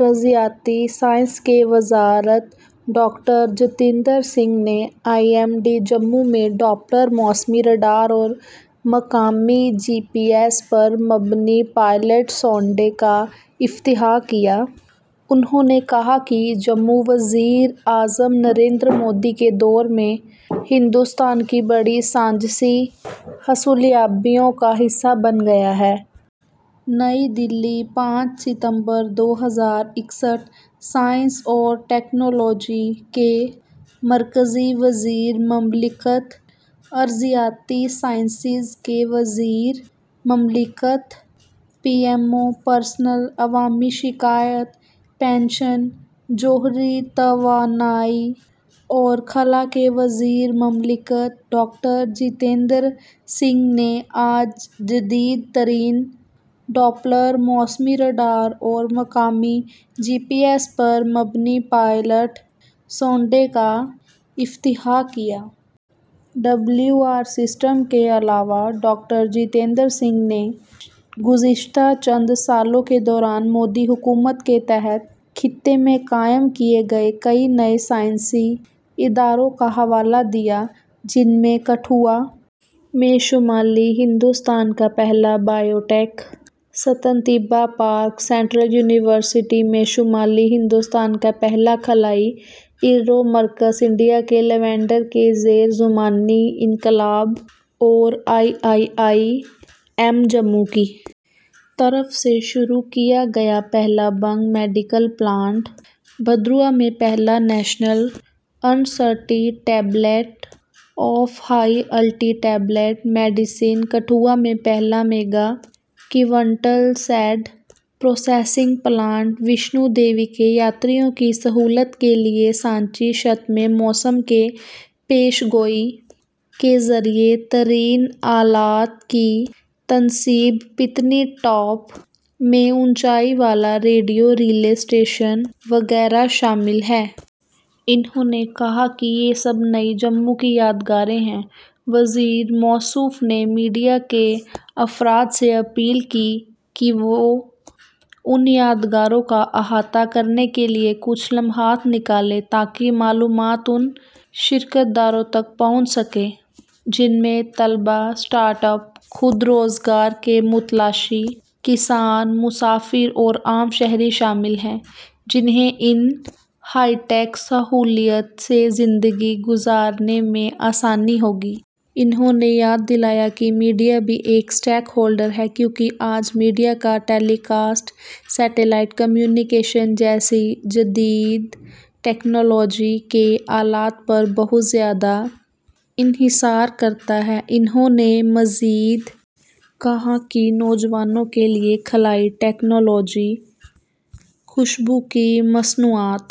رضیاتی science کی وزارت: doctor Jitendra Singh نے آئی ایم ڈی، جموں میں ڈوپلر موسمی ریڈار اور مقامی جی پی ایس پر مبنی ’پائلٹ سونڈے‘ کا افتتاح کیا۔ کہتے ہیں، جموں، وزیر اعظم نریندر مودی کے دور میں ہندوستان کی بڑی سائنسی حصولیابیوں کا حصہ بن گیا ہے۔ نئی دہلی، پانچ ستمبر دو ہزار اکیس: سائنس اور ٹیکنالوجی کے مرکزی وزیر مملکت، ارضیاتی سائنسز کے وزیر مملکت، پی ایم او، پرسنل، عوامی شکایات، پنشن، جوہری توانائی اور خلا کے وزیر مملکت ڈاکٹر جتیندر سنگھ نے آج جدید ترین ڈوپلر موسمی ریڈار اور مقامی جی پی ایس پر مبنی پائلٹ سونڈے کا افتتاح کیا۔ ڈبلیو آر سسٹم کے علاوہ، ڈاکٹر جتیندر سنگھ نے گزشتہ چند سالوں کے دوران مودی حکومت کے تحت خطے میں قائم کیے گئے کئی نئے سائنسی اداروں کا حوالہ دیا، جن میں کٹھوعہ میں شمالی ہندوستان کا پہلا بائیوٹیک صنعتی پارک، سنٹرل یونیورسٹی میں شمالی ہندوستان کا پہلا خلائی، اسرو مرکز، انڈیا کے لیونڈر کے زیرِ قیادت جامنی انقلاب اور آئی آئی آئی ایم جموں کی طرف سے شروع کیا گیا پہلا بھنگ میڈیکل پلانٹ، بھدرواہ میں پہلا national institute of high altitude medicine, Kathua میں پہلا mega quintal seed processing plant, Vaishno Devi کے یاتریوں کی سہولت کے لیے سانجھی چھت میں موسم کی پیش گوئی کے جدید ترین آلات کی تنصیب، پٹنی ٹاپ میں اونچائی والا ریڈیو ریلے اسٹیشن وغیرہ شامل ہیں۔ انہوں نے کہا کہ یہ سب نئی جموں کی یادگاریں ہیں۔ وزیر موصوف نے میڈیا کے افراد سے اپیل کی کہ وہ ان یادگاروں کا احاطہ کرنے کے لیے کچھ لمحات نکالیں تاکہ معلومات ان شراکت داروں تک پہنچ سکے جن میں طلباء، اسٹارٹ اپس، خود روزگار کے متلاشی، کسان، مسافر اور عام شہری شامل ہیں، جنہیں ان ہائی ٹیک سہولیات سے زندگی گزارنے میں آسانی ہوگی۔ انہوں نے یاد دلایا کہ میڈیا بھی ایک اسٹیک ہولڈر ہے کیونکہ آج میڈیا کا ٹیلی کاسٹ سیٹلائٹ کمیونیکیشن جیسی جدید ٹیکنالوجی کے آلات پر بہت زیادہ انحصار کرتا ہے۔ انہوں نے مزید کہا کہ نوجوانوں کے لیے خلائی ٹیکنالوجی، خوشبو کی مصنوعات